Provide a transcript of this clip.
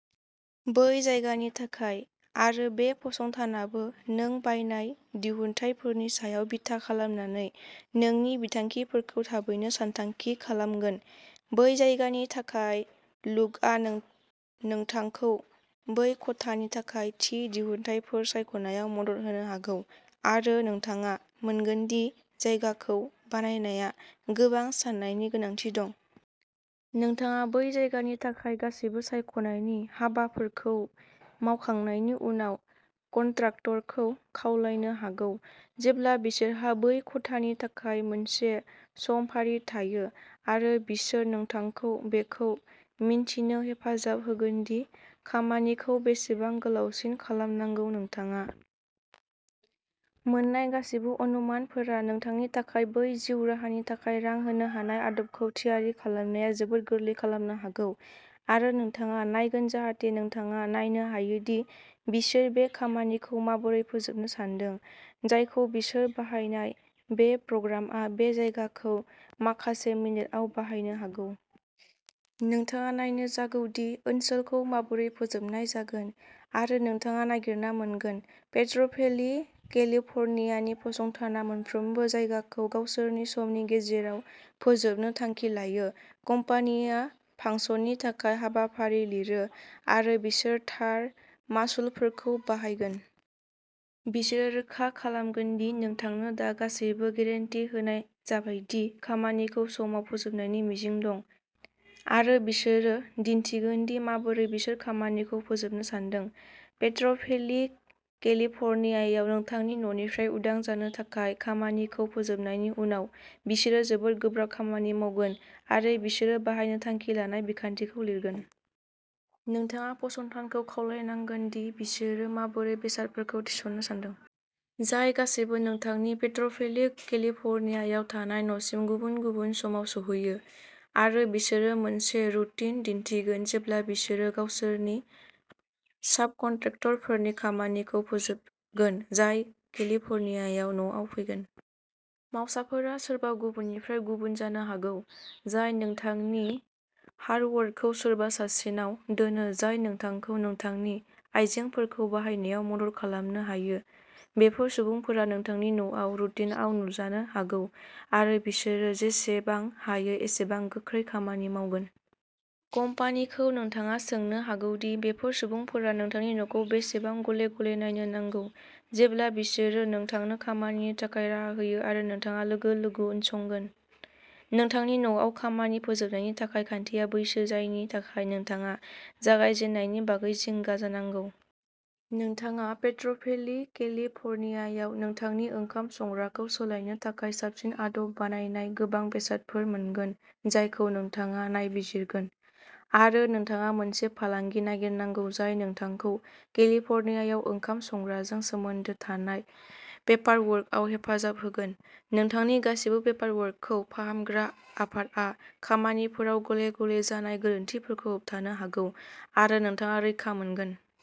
बै जायगानि थाखाय, आरो बे फसंथानाबो नों बायनाय दिहुनथायफोरनि सायाव बिथा खालामनानै नोंनि बिथांखिफोरखौ थाबैनो सानथांखि खालामगोन। बै जायगानि थाखाय लुकआ नोंथांखौ बै खथानि थाखाय थि दिहुनथायफोर सायख'नायाव मदद होनो हागौ, आरो नोंथाङा मोनगोन दि जायगाखौ बानायनाया गोबां साननायनि गोनांथि दं। नोंथाङा बै जायगानि थाखाय गासैबो सायख'नायनि हाबाफोरखौ मावखांनायनि उनाव कन्ट्राक्टरखौ खावलायनो हागौ, जेब्ला बिसोरहा बै खथानि थाखाय मोनसे समफारि थायो, आरो बिसोर नोंथांखौ बेखौ मिन्थिनो हेफाजाब होगोन दि खामानिखौ बेसेबां गोलावसिन खालामनांगौ। नोंथाङा मोन्नाय गासिबो अनुमानफोरा नोंथांनि थाखाय बै जिउ राहानि थाखाय रां होनो हानाय आदबखौ थियारि खालामनाया जोबोद गोरलै खालामनो हागौ, आरो नोंथाङा नायगोन जाहाथे नोंथाङा नायनो हायो दि बिसोर बे खामानिखौ माबोरै फोजोबनो सानदों, जायखौ बिसोर बाहायनाय बे प्रग्रामआ बे जायगाखौ माखासे मिनिटआव बानायनो हागौ। नोंथाङा नायनो जागौ दि ओनसोलखौ माबोरै फोजोबनाय जागोन, आरो नोंथाङा नागिरना मोनगोन। पेद्र'भेलि, केलिफर्नियानि फसंथाना मोनफ्रोमबो जायगाखौ गावसोरनि समनि गेजेराव फोजोबनो थांखि लायो। कम्पानिया फांसननि थाखाय हाबाफारि लिरो, आरो बिसोर थार मासुलफोरखौ बाहायगोन। बिसोरो रोखा खालामगोन दि नोंथांनो दा गासैबो गेरेन्टि होनाय जाबाय दि खामानिखौ समाव फोजोबनायनि मिजिं दं, आरो बिसोरो दिन्थिगोन दि माबोरै बिसोर खामानिखौ फोजोबनो सानदों। पेद्र'भेलि, केलिफर्नियायाव नोंथांनि न'निफ्राय उदां जानो थाखाय खामानिखौ फोजोबनायनि उनाव बिसोरो जोबोद गोब्राब खामानि मावगोन, आरो बिसोरो बाहायनो थांखि लानाय बिखान्थिखौ लिरगोन। नोंथाङा फसंथानखौ खावलायनांगोन दि बिसोरो माबोरै बेसादफोरखौ थिसननो सानदों, जाय गासैबो नोंथांनि पेद्र'भेलि, केलिफर्नियायाव थानाय न'सिम गुबुन-गुबुन समाव सौहैयो, आरो बिसोरो मोनसे रुटिन दिन्थिगोन जेब्ला बिसोरो गावसोरनि साबकन्ट्रेक्टरफोरनि खामानिखौ फोजोबगोन, जाय केलिफर्नियायाव न'आव फैगोन। मावसाफोरा सोरबा गुबुननिफ्राय गुबुन जानो हागौ। जाय नोंथांनि हार्डवुडखौ सोरबा सासेनाव दोनो जाय नोंथांखौ नोंथांनि आयजेंफोरखौ बाहायनायाव मदद खालामनो हायो। बेफोर सुबुंफोरा नोंथांनि न'आव रुटिनआव नुजानो हागौ, आरो बिसोरो जेसेबां हायो एसेबां गोख्रै खामानि मावगोन। कम्पानिखौ नोंथाङा सोंनो हागौ दि बेफोर सुबुंफोरा नोंथांनि न'खौ बेसेबां गले-गले नायनो नांगौ, जेब्ला बिसोरो नोंथांनो खामानिनि थाखाय राहा होयो आरो नोंथाङा लोगो-लोगो उनसंगोन। नोंथांनि न'आव खामानि फोजोबनायनि थाखाय खान्थिया बैसो जायनि थाखाय नोंथाङा जागायजेन्नायनि बागै जिंगा जानांगौ। नोंथाङा पेद्र'भेलि, केलिफर्नियायाव नोंथांनि ओंखाम संग्राखौ सोलायनो थाखाय साबसिन आदब बायनायाव गोबां बेसादफोर मोनगोन जायखौ नोंथाङा नायबिजिरगोन, आरो नोंथाङा मोनसे फालांगि नागिरनांगौ जाय नोंथांखौ केलिफर्नियायाव ओंखाम संग्राजों सोमोन्दो थानाय पेपारवर्कआव हेफाजाब होगोन। नोंथांनि गासिबो पेपारवर्कखौ फाहामग्रा आफादआ खामानिफोराव गले-गले जानाय गोरोन्थिफोरखौ होबथानो हागौ, आरो नोंथाङा रैखा मोनगोन।